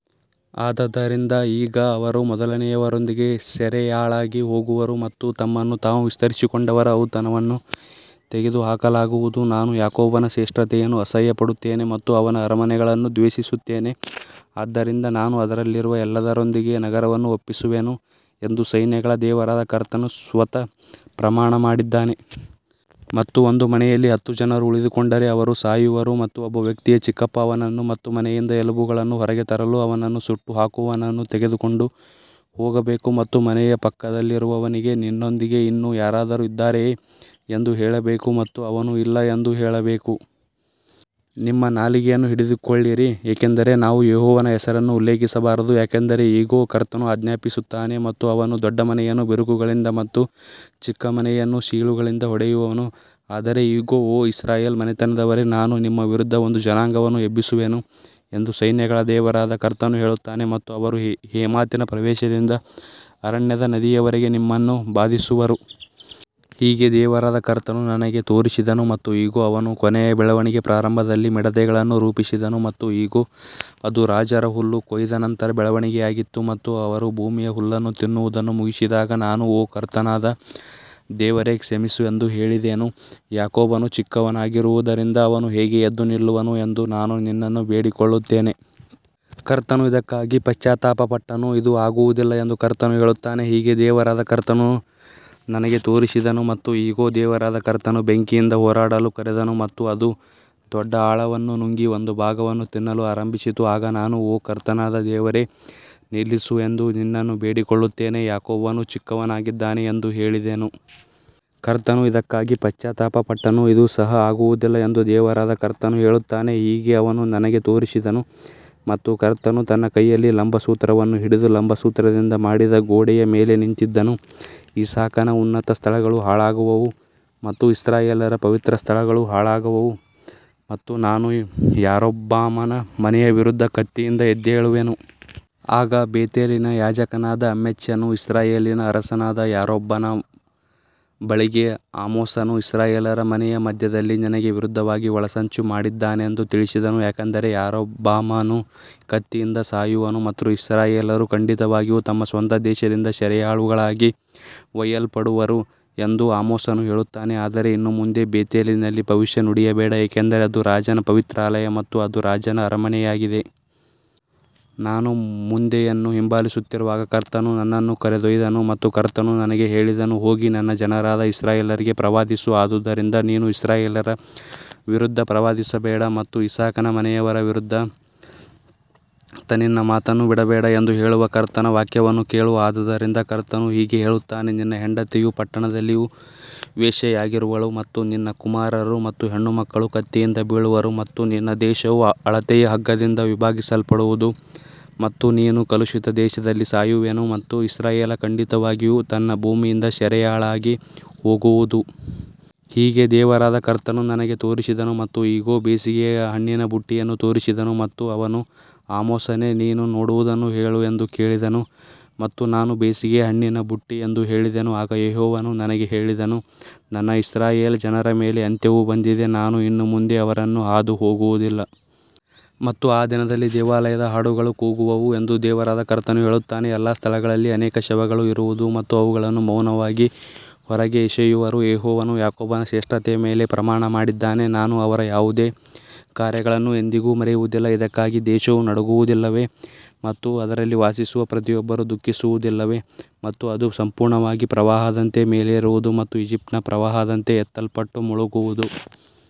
ಆದದರಿಂದ ಈಗ ಅವರು ಮೊದಲನೆಯವರೊಂದಿಗೆ ಸೆರೆಯಾಳಾಗಿ ಹೋಗುವರು ಮತ್ತು ತಮ್ಮನ್ನು ತಾವು ವಿಸ್ತರಿಸಿಕೊಂಡವರ ಔತಣವನ್ನು ತೆಗೆದುಹಾಕಲಾಗುವುದು. ನಾನು ಯಾಕೋಬನ ಶ್ರೇಷ್ಠತೆಯನ್ನು ಅಸಹ್ಯಪಡುತ್ತೇನೆ ಮತ್ತು ಅವನ ಅರಮನೆಗಳನ್ನು ದ್ವೇಷಿಸುತ್ತೇನೆ, ಆದ್ದರಿಂದ ನಾನು ಅದರಲ್ಲಿರುವ ಎಲ್ಲದರೊಂದಿಗೆ ನಗರವನ್ನು ಒಪ್ಪಿಸುವೆನು ಎಂದು ಸೈನ್ಯಗಳ ದೇವರಾದ ಕರ್ತನು ಸ್ವತಃ ಪ್ರಮಾಣ ಮಾಡಿದ್ದಾನೆ. ಮತ್ತು ಒಂದು ಮನೆಯಲ್ಲಿ ಹತ್ತು ಜನರು ಉಳಿದುಕೊಂಡರೆ ಅವರು ಸಾಯುವರು ಮತ್ತು ಒಬ್ಬ ವ್ಯಕ್ತಿಯ ಚಿಕ್ಕಪ್ಪ ಅವನನ್ನು ಮತ್ತು ಮನೆಯಿಂದ ಎಲುಬುಗಳನ್ನು ಹೊರಗೆ ತರಲು ಅವನನ್ನು ಸುಟ್ಟುಹಾಕುವವನನ್ನು ತೆಗೆದುಕೊಂಡು ಹೋಗಬೇಕು ಮತ್ತು ಮನೆಯ ಪಕ್ಕದಲ್ಲಿರುವವನಿಗೆ ನಿನ್ನೊಂದಿಗೆ ಇನ್ನೂ ಯಾರಾದರೂ ಇದ್ದಾರೆಯೇ ಎಂದು ಹೇಳಬೇಕು ಮತ್ತು ಅವನು ಇಲ್ಲ ಎಂದು ಹೇಳಬೇಕು. ನಿಮ್ಮ ನಾಲಿಗೆಯನ್ನು ಹಿಡಿದುಕೊಳ್ಳಿರಿ, ಏಕೆಂದರೆ ನಾವು ಯೆಹೋವನ ಹೆಸರನ್ನು ಉಲ್ಲೇಖಿಸಬಾರದು. ಯಾಕಂದರೆ ಇಗೋ, ಕರ್ತನು ಆಜ್ಞಾಪಿಸುತ್ತಾನೆ ಮತ್ತು ಅವನು ದೊಡ್ಡ ಮನೆಯನ್ನು ಬಿರುಕುಗಳಿಂದ ಮತ್ತು ಚಿಕ್ಕ ಮನೆಯನ್ನು ಸೀಳುಗಳಿಂದ ಹೊಡೆಯುವನು. ಆದರೆ ಇಗೋ, ಓ ಇಸ್ರಾಯೇಲ್ ಮನೆತನದವರೇ, ನಾನು ನಿಮ್ಮ ವಿರುದ್ಧ ಒಂದು ಜನಾಂಗವನ್ನು ಎಬ್ಬಿಸುವೆನು ಎಂದು ಸೈನ್ಯಗಳ ದೇವರಾದ ಕರ್ತನು ಹೇಳುತ್ತಾನೆ ಮತ್ತು ಅವರು ಹೇಮಾತಿನ ಪ್ರವೇಶದಿಂದ ಅರಣ್ಯದ ನದಿಯವರೆಗೆ ನಿಮ್ಮನ್ನು ಬಾಧಿಸುವರು. ಹೀಗೆ ದೇವರಾದ ಕರ್ತನು ನನಗೆ ತೋರಿಸಿದನು ಮತ್ತು ಇಗೋ, ಅವನು ಕೊನೆಯ ಬೆಳವಣಿಗೆಯ ಪ್ರಾರಂಭದಲ್ಲಿ ಮಿಡತೆಗಳನ್ನು ರೂಪಿಸಿದನು ಮತ್ತು ಇಗೋ, ಅದು ರಾಜರು ಹುಲ್ಲು ಕೊಯ್ದ ನಂತರದ ಬೆಳವಣಿಗೆಯಾಗಿತ್ತು. ಮತ್ತು ಅವರು ಭೂಮಿಯ ಹುಲ್ಲನ್ನು ತಿನ್ನುವುದನ್ನು ಮುಗಿಸಿದಾಗ ನಾನು, ಓ ಕರ್ತನಾದ ದೇವರೇ, ಕ್ಷಮಿಸು ಎಂದು ಹೇಳಿದೆನು, ಯಾಕೋಬನು ಚಿಕ್ಕವನಾಗಿರುವುದರಿಂದ ಅವನು ಹೇಗೆ ಎದ್ದು ನಿಲ್ಲುವನು ಎಂದು ನಾನು ನಿನ್ನನ್ನು ಬೇಡಿಕೊಳ್ಳುತ್ತೇನೆ. ಕರ್ತನು ಇದಕ್ಕಾಗಿ ಪಶ್ಚಾತ್ತಾಪಪಟ್ಟನು, ಇದು ಆಗುವುದಿಲ್ಲ ಎಂದು ಕರ್ತನು ಹೇಳುತ್ತಾನೆ. ಹೀಗೆ ದೇವರಾದ ಕರ್ತನು ನನಗೆ ತೋರಿಸಿದನು ಮತ್ತು ಇಗೋ, ದೇವರಾದ ಕರ್ತನು ಬೆಂಕಿಯಿಂದ ಹೋರಾಡಲು ಕರೆದನು ಮತ್ತು ಅದು ದೊಡ್ಡ ಆಳವನ್ನು ನುಂಗಿ ಒಂದು ಭಾಗವನ್ನು ತಿನ್ನಲು ಆರಂಭಿಸಿತು. ಆಗ ನಾನು, ಓ ಕರ್ತನಾದ ದೇವರೇ, ನಿಲ್ಲಿಸು ಎಂದು ನಿನ್ನನ್ನು ಬೇಡಿಕೊಳ್ಳುತ್ತೇನೆ, ಯಾಕೋಬನು ಚಿಕ್ಕವನಾಗಿದ್ದಾನೆ ಎಂದು ಹೇಳಿದೆನು. ಕರ್ತನು ಇದಕ್ಕಾಗಿ ಪಶ್ಚಾತ್ತಾಪಪಟ್ಟನು, ಇದು ಸಹ ಆಗುವುದಿಲ್ಲ ಎಂದು ದೇವರಾದ ಕರ್ತನು ಹೇಳುತ್ತಾನೆ. ಹೀಗೆ ಅವನು ನನಗೆ ತೋರಿಸಿದನು ಮತ್ತು ಕರ್ತನು ತನ್ನ ಕೈಯಲ್ಲಿ ಲಂಬಸೂತ್ರವನ್ನು ಹಿಡಿದು ಲಂಬಸೂತ್ರದಿಂದ ಮಾಡಿದ ಗೋಡೆಯ ಮೇಲೆ ನಿಂತಿದ್ದನು. ಇಸಾಕನ ಉನ್ನತ ಸ್ಥಳಗಳು ಹಾಳಾಗುವವು ಮತ್ತು ಇಸ್ರಾಯೇಲ್ಯರ ಪವಿತ್ರ ಸ್ಥಳಗಳು ಹಾಳಾಗುವವು ಮತ್ತು ನಾನು ಯಾರೊಬ್ಬಾಮನ ಮನೆಯ ವಿರುದ್ಧ ಕತ್ತಿಯಿಂದ ಎದ್ದೇಳುವೆನು. ಆಗ ಬೇತೇಲಿನ ಯಾಜಕನಾದ ಅಮಚ್ಯನು ಇಸ್ರಾಯೇಲಿನ ಅರಸನಾದ ಯಾರೊಬ್ಬಾಮನ ಬಳಿಗೆ ಆಮೋಸನು ಇಸ್ರಾಯೇಲ್ಯರ ಮನೆಯ ಮಧ್ಯದಲ್ಲಿ ನಿನಗೆ ವಿರುದ್ಧವಾಗಿ ಒಳಸಂಚು ಮಾಡಿದ್ದಾನೆಂದು ತಿಳಿಸಿದನು. ಯಾಕಂದರೆ ಯಾರೊಬ್ಬಾಮನು ಕತ್ತಿಯಿಂದ ಸಾಯುವನು ಮತ್ತು ಇಸ್ರಾಯೇಲ್ಯರು ಖಂಡಿತವಾಗಿಯೂ ತಮ್ಮ ಸ್ವಂತ ದೇಶದಿಂದ ಸೆರೆಯಾಳುಗಳಾಗಿ ಒಯ್ಯಲ್ಪಡುವರು ಎಂದು ಆಮೋಸನು ಹೇಳುತ್ತಾನೆ. ಆದರೆ ಇನ್ನು ಮುಂದೆ ಬೇತೇಲಿನಲ್ಲಿ ಭವಿಷ್ಯ ನುಡಿಯಬೇಡ, ಏಕೆಂದರೆ ಅದು ರಾಜನ ಪವಿತ್ರಾಲಯ ಮತ್ತು ಅದು ರಾಜನ ಅರಮನೆಯಾಗಿದೆ. ನಾನು ಮಂದೆಯನ್ನು ಹಿಂಬಾಲಿಸುತ್ತಿರುವಾಗ ಕರ್ತನು ನನ್ನನ್ನು ಕರೆದೊಯ್ದನು ಮತ್ತು ಕರ್ತನು ನನಗೆ ಹೇಳಿದನು, ಹೋಗಿ ನನ್ನ ಜನರಾದ ಇಸ್ರಾಯೇಲ್ಯರಿಗೆ ಪ್ರವಾದಿಸು. ಆದುದರಿಂದ ನೀನು ಇಸ್ರಾಯೇಲ್ಯರ ವಿರುದ್ಧ ಪ್ರವಾದಿಸಬೇಡ ಮತ್ತು ಇಸಾಕನ ಮನೆಯವರ ವಿರುದ್ಧ ನಿನ್ನ ಮಾತನ್ನು ಬಿಡಬೇಡ ಎಂದು ಹೇಳುವ ಕರ್ತನ ವಾಕ್ಯವನ್ನು ಕೇಳು. ಆದದರಿಂದ ಕರ್ತನು ಹೀಗೆ ಹೇಳುತ್ತಾನೆ, ನಿನ್ನ ಹೆಂಡತಿಯು ಪಟ್ಟಣದಲ್ಲಿ ವೇಶ್ಯೆಯಾಗಿರುವಳು ಮತ್ತು ನಿನ್ನ ಕುಮಾರರು ಮತ್ತು ಹೆಣ್ಣುಮಕ್ಕಳು ಕತ್ತಿಯಿಂದ ಬೀಳುವರು ಮತ್ತು ನಿನ್ನ ದೇಶವು ಅಳತೆಯ ಹಗ್ಗದಿಂದ ವಿಭಾಗಿಸಲ್ಪಡುವುದು ಮತ್ತು ನೀನು ಕಲುಷಿತ ದೇಶದಲ್ಲಿ ಸಾಯುವೆನು ಮತ್ತು ಇಸ್ರಾಯೇಲ್ ಖಂಡಿತವಾಗಿಯೂ ತನ್ನ ಭೂಮಿಯಿಂದ ಸೆರೆಯಾಳಾಗಿ ಹೋಗುವುದು. ಹೀಗೆ ದೇವರಾದ ಕರ್ತನು ನನಗೆ ತೋರಿಸಿದನು ಮತ್ತು ಇಗೋ, ಬೇಸಿಗೆಯ ಹಣ್ಣಿನ ಬುಟ್ಟಿಯನ್ನು ತೋರಿಸಿದನು. ಮತ್ತು ಅವನು, ಆಮೋಸನೇ, ನೀನು ನೋಡುವುದನ್ನು ಹೇಳು ಎಂದು ಕೇಳಿದನು ಮತ್ತು ನಾನು, ಬೇಸಿಗೆಯ ಹಣ್ಣಿನ ಬುಟ್ಟಿ ಎಂದು ಹೇಳಿದೆನು. ಆಗ ಯೆಹೋವನು ನನಗೆ ಹೇಳಿದನು, ನನ್ನ ಇಸ್ರಾಯೇಲ್ ಜನರ ಮೇಲೆ ಅಂತ್ಯವು ಬಂದಿದೆ, ನಾನು ಇನ್ನು ಮುಂದೆ ಅವರನ್ನು ಹಾದುಹೋಗುವುದಿಲ್ಲ. ಮತ್ತು ಆ ದಿನದಲ್ಲಿ ದೇವಾಲಯದ ಹಾಡುಗಳು ಕೂಗುವವು ಎಂದು ದೇವರಾದ ಕರ್ತನು ಹೇಳುತ್ತಾನೆ, ಎಲ್ಲಾ ಸ್ಥಳಗಳಲ್ಲಿ ಅನೇಕ ಶವಗಳು ಇರುವುದು ಮತ್ತು ಅವುಗಳನ್ನು ಮೌನವಾಗಿ ಹೊರಗೆ ಎಸೆಯುವರು. ಯೆಹೋವನು ಯಾಕೋಬನ ಶ್ರೇಷ್ಠತೆಯ ಮೇಲೆ ಪ್ರಮಾಣ ಮಾಡಿದ್ದಾನೆ, ನಾನು ಅವರ ಯಾವುದೇ ಕಾರ್ಯಗಳನ್ನು ಎಂದಿಗೂ ಮರೆಯುವುದಿಲ್ಲ. ಇದಕ್ಕಾಗಿ ದೇಶವು ನಡುಗುವುದಿಲ್ಲವೇ ಮತ್ತು ಅದರಲ್ಲಿ ವಾಸಿಸುವ ಪ್ರತಿಯೊಬ್ಬರೂ ದುಃಖಿಸುವುದಿಲ್ಲವೇ ಮತ್ತು ಅದು ಸಂಪೂರ್ಣವಾಗಿ ಪ್ರವಾಹದಂತೆ ಮೇಲೇರುವುದು ಮತ್ತು ಈಜಿಪ್ಟಿನ ಪ್ರವಾಹದಂತೆ ಎತ್ತಲ್ಪಟ್ಟು ಮುಳುಗುವುದು.